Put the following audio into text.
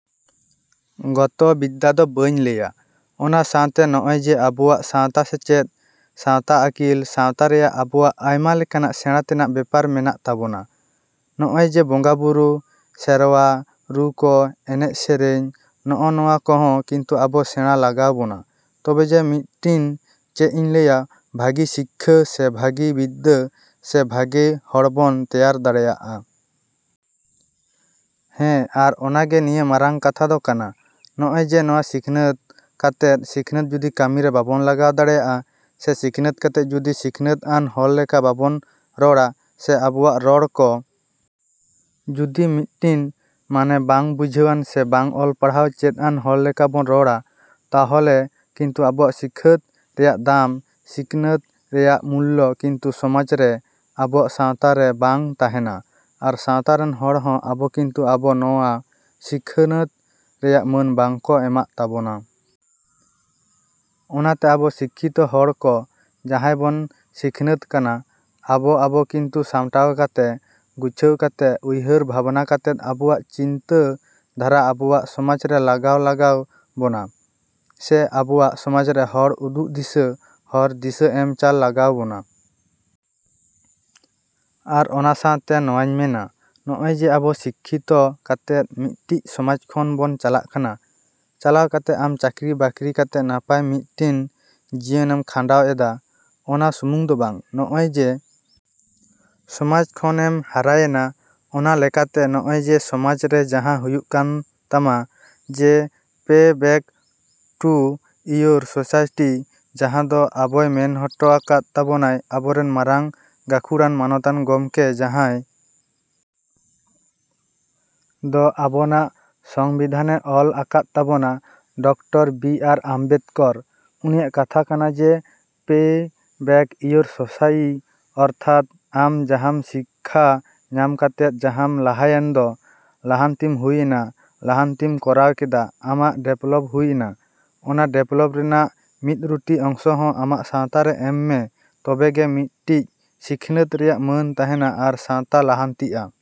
ᱜᱚᱛᱚ ᱵᱤᱫᱽᱫᱟ ᱫᱚ ᱵᱟᱹᱧ ᱞᱟᱹᱭᱟ, ᱚᱱᱟ ᱥᱟᱶᱛᱮ ᱱᱚᱜᱼᱚᱭ ᱡᱮ ᱟᱵᱚᱣᱟᱜ ᱥᱟᱶᱛᱟ ᱥᱮᱪᱮᱫ, ᱥᱟᱶᱛᱟ ᱟᱹᱠᱤᱞ, ᱥᱟᱶᱛᱟ ᱨᱮᱭᱟᱜ ᱟᱵᱚᱣᱟᱜ ᱟᱭᱢᱟ ᱞᱮᱠᱟᱱᱟᱜ ᱥᱮᱸᱬᱟ ᱛᱮᱱᱟᱜ ᱵᱮᱯᱟᱨ ᱢᱮᱱᱟᱜ ᱛᱟᱵᱚᱱᱟ᱾ ᱱᱚᱜᱼᱚᱭ ᱡᱮ ᱵᱚᱸᱜᱟᱼᱵᱩᱨᱩ, ᱥᱮᱨᱣᱟ, ᱨᱩ ᱠᱚ, ᱮᱱᱮᱡ ᱥᱮᱨᱮᱧ, ᱱᱚᱜᱼᱚ ᱱᱚᱣᱟ ᱠᱚᱦᱚᱸ ᱠᱤᱱᱛᱩ ᱟᱵᱚ ᱥᱮᱬᱟ ᱞᱟᱜᱟᱣ ᱵᱚᱱᱟ ᱛᱚᱵᱮ ᱡᱮ ᱢᱤᱫᱴᱤᱱ ᱪᱮᱫ ᱤᱧ ᱞᱟᱹᱭᱟ ᱵᱷᱟᱹᱜᱤ ᱥᱤᱠᱠᱷᱟᱹ ᱥᱮ ᱵᱷᱟᱹᱜᱤ ᱵᱤᱫᱽᱫᱟᱹ ᱥᱮᱵᱷᱟᱜᱮ ᱦᱚᱲᱵᱚᱱ ᱛᱮᱭᱟᱨ ᱫᱟᱲᱮᱭᱟᱜᱼᱟ᱾ ᱦᱮᱸ ᱟᱨ ᱚᱱᱟᱜᱮ ᱱᱤᱭᱟᱹ ᱢᱟᱨᱟᱝ ᱠᱟᱛᱷᱟ ᱫᱚ ᱠᱟᱱᱟ᱾ ᱱᱚᱜᱼᱚᱭ ᱡᱮ ᱱᱚᱣᱟ ᱥᱤᱠᱷᱱᱟᱹᱛ ᱠᱟᱛᱮᱫ ᱥᱤᱠᱷᱱᱟᱹᱛ ᱡᱩᱫᱤ ᱠᱟᱹᱢᱤᱨᱮ ᱵᱟᱵᱚᱱ ᱞᱟᱜᱟᱣ ᱫᱟᱲᱮᱭᱟᱜᱼᱟ ᱥᱮ ᱥᱤᱠᱷᱱᱟᱹᱛ ᱠᱟᱛᱮᱫ ᱡᱩᱫᱤ ᱥᱤᱠᱷᱱᱟᱹᱛ ᱟᱱ ᱦᱚᱲ ᱞᱮᱠᱟ ᱵᱟᱵᱚᱱ ᱨᱚᱲᱟ ᱥᱮ ᱟᱵᱚᱣᱟᱜ ᱨᱚᱲ ᱠᱚ ᱡᱩᱫᱤ ᱢᱤᱫᱴᱤᱱ ᱢᱟᱱᱮ ᱵᱟᱝ ᱵᱩᱡᱷᱟᱹᱣᱟᱱ ᱥᱮ ᱵᱟᱝ ᱚᱞ ᱯᱟᱲᱦᱟᱣ ᱪᱮᱫ ᱟᱱ ᱦᱚᱲ ᱞᱮᱠᱟ ᱵᱚᱱ ᱨᱚᱲᱟ, ᱛᱟᱦᱚᱞᱮ ᱠᱤᱱᱛᱩ ᱟᱵᱚᱣᱟᱜ ᱥᱤᱠᱷᱟᱹᱛ ᱨᱮᱭᱟᱜ ᱫᱟᱢ, ᱥᱤᱠᱱᱟᱹᱛ ᱨᱮᱭᱟᱜ ᱢᱩᱞᱞᱚ ᱠᱤᱱᱛᱩ ᱥᱚᱢᱟᱡᱽ ᱨᱮ, ᱟᱵᱚᱣᱟᱜ ᱥᱟᱶᱛᱟ ᱨᱮ ᱵᱟᱝ ᱛᱟᱦᱮᱱᱟ ᱟᱨ ᱥᱟᱶᱛᱟ ᱨᱮᱱ ᱦᱚᱲ ᱦᱚᱸ ᱟᱵᱚ ᱠᱤᱱᱛᱩ ᱟᱵᱚ ᱱᱚᱣᱟ ᱥᱤᱠᱷᱱᱟᱹᱛ ᱨᱮᱭᱟᱜ ᱢᱟᱹᱱ ᱵᱟᱝ ᱠᱚ ᱮᱢᱟᱜ ᱛᱟᱵᱚᱱᱟ᱾ ᱚᱱᱟᱛᱮ ᱟᱵᱚ ᱥᱤᱠᱠᱷᱤᱛᱚ ᱦᱚᱲ ᱠᱚ ᱡᱟᱦᱟᱭ ᱵᱚᱱ ᱥᱤᱠᱷᱱᱟᱹᱛ ᱠᱟᱱᱟ, ᱟᱵᱚ ᱟᱵᱚ ᱠᱤᱱᱛᱩ ᱥᱟᱢᱴᱟᱣ ᱠᱟᱛᱮ, ᱜᱩᱪᱷᱟᱹᱣ ᱠᱟᱛᱮ, ᱩᱭᱦᱟᱹᱨ ᱵᱷᱟᱵᱽᱱᱟ ᱠᱟᱛᱮᱫ ᱟᱵᱚᱣᱟᱜ ᱪᱤᱱᱛᱟᱹ ᱫᱷᱟᱨᱟ ᱟᱵᱚᱣᱟᱜ ᱥᱚᱢᱟᱡᱽ ᱨᱮ ᱞᱟᱜᱟᱣ ᱞᱟᱜᱟᱣ ᱵᱚᱱᱟ ᱥᱮ ᱟᱵᱚᱣᱟᱜ ᱥᱚᱢᱟᱡᱽ ᱨᱮ ᱦᱚᱲ ᱩᱫᱩᱜ ᱫᱤᱥᱟᱹ, ᱦᱚᱨ ᱫᱤᱥᱟᱹ ᱮᱢ ᱪᱟᱞ ᱞᱟᱜᱟᱣ ᱵᱚᱱᱟ᱾ ᱟᱨ ᱚᱱᱟ ᱥᱟᱶᱛᱮ ᱱᱚᱣᱟᱧ ᱢᱮᱱᱟ, ᱱᱚᱜᱼᱚᱭ ᱡᱮ ᱟᱵᱚ ᱥᱤᱠᱠᱷᱤᱛᱚ ᱠᱟᱛᱮᱫ ᱢᱤᱫᱴᱤᱡ ᱥᱚᱢᱟᱡᱽ ᱠᱷᱚᱱ ᱵᱚᱱ ᱪᱟᱞᱟᱜ ᱠᱟᱱᱟ, ᱪᱟᱞᱟᱣ ᱠᱟᱛᱮᱫ ᱟᱢ ᱪᱟᱹᱠᱨᱤ ᱵᱟᱹᱠᱨᱤ ᱠᱟᱛᱮᱫ ᱱᱟᱯᱟᱭ ᱢᱤᱫᱴᱤᱱ ᱡᱤᱭᱚᱱᱮᱢ ᱠᱷᱟᱸᱱᱰᱟᱣ ᱮᱫᱟ, ᱚᱱᱟ ᱥᱩᱢᱩᱝ ᱫᱚ ᱵᱟᱝ᱾ ᱱᱚᱜᱼᱚᱭ ᱡᱮ ᱥᱚᱢᱟᱡᱽ ᱠᱷᱚᱱ ᱮᱢ ᱦᱟᱨᱟᱭᱮᱱᱟ, ᱚᱱᱟ ᱞᱮᱠᱟᱛᱮ ᱱᱚᱜᱼᱚᱭ ᱡᱮ ᱥᱚᱢᱟᱡᱽ ᱨᱮ ᱡᱟᱦᱟᱸ ᱦᱩᱭᱩᱜ ᱠᱟᱱ ᱛᱟᱢᱟ ᱡᱮ ᱯᱮ ᱵᱮᱠ ᱴᱩ ᱤᱭᱳᱨ ᱥᱳᱥᱟᱭᱴᱤ ᱡᱟᱦᱟᱸ ᱫᱚ ᱟᱵᱚᱭ ᱢᱮᱱ ᱦᱚᱴᱚ ᱟᱠᱟᱫ ᱛᱟᱵᱚᱱᱟᱭ ᱟᱵᱚᱨᱮᱱ ᱢᱟᱨᱟᱝ ᱜᱟᱹᱠᱷᱩᱲᱟᱱ ᱢᱟᱱᱚᱛᱟᱱ ᱜᱚᱢᱠᱮ ᱡᱟᱦᱟᱸᱭ ᱫᱚ ᱟᱵᱚᱱᱟᱜ ᱥᱚᱝᱵᱤᱫᱷᱟᱱᱮ ᱚᱞ ᱟᱠᱟᱫ ᱛᱟᱵᱚᱱᱟ ᱰᱚᱠᱴᱚᱨ ᱵᱤ ᱟᱨ ᱟᱢᱵᱮᱫᱠᱚᱨ, ᱩᱱᱤᱭᱟᱜ ᱠᱟᱛᱷᱟ ᱠᱟᱱᱟ ᱡᱮ ᱯᱮ ᱵᱮᱠ ᱤᱭᱳᱨ ᱥᱳᱥᱟᱭᱤ ᱚᱨᱛᱷᱟᱛ ᱟᱢ ᱡᱟᱦᱟᱸᱢ ᱥᱤᱠᱠᱷᱟ ᱧᱟᱢ ᱠᱟᱛᱮᱫ ᱡᱟᱦᱟᱸᱢ ᱞᱟᱦᱟᱭᱮᱱ ᱫᱚ, ᱞᱟᱦᱟᱱᱛᱤᱢ ᱦᱩᱭ ᱮᱱᱟ, ᱞᱟᱦᱟᱱᱛᱤᱢ ᱠᱚᱨᱟᱣ ᱠᱮᱫᱟ, ᱟᱢᱟᱜ ᱰᱮᱵᱷᱞᱚᱯ ᱦᱩᱭ ᱮᱱᱟ, ᱚᱱᱟ ᱰᱮᱵᱷᱞᱚᱯ ᱨᱮᱱᱟᱜ ᱢᱤᱫ ᱨᱩᱛᱤ ᱚᱝᱥᱚ ᱦᱚᱸ ᱟᱢᱟᱜ ᱥᱟᱶᱛᱟ ᱨᱮ ᱮᱢ ᱢᱮ ᱛᱚᱵᱮᱜᱮ ᱢᱤᱫᱴᱤᱡ ᱥᱤᱠᱷᱱᱟᱹᱛ ᱨᱮᱭᱟᱜ ᱢᱟᱹᱱ ᱛᱟᱦᱮᱱᱟ ᱟᱨ ᱥᱟᱶᱛᱟ ᱞᱟᱦᱟᱱᱛᱤᱜᱼᱟ᱾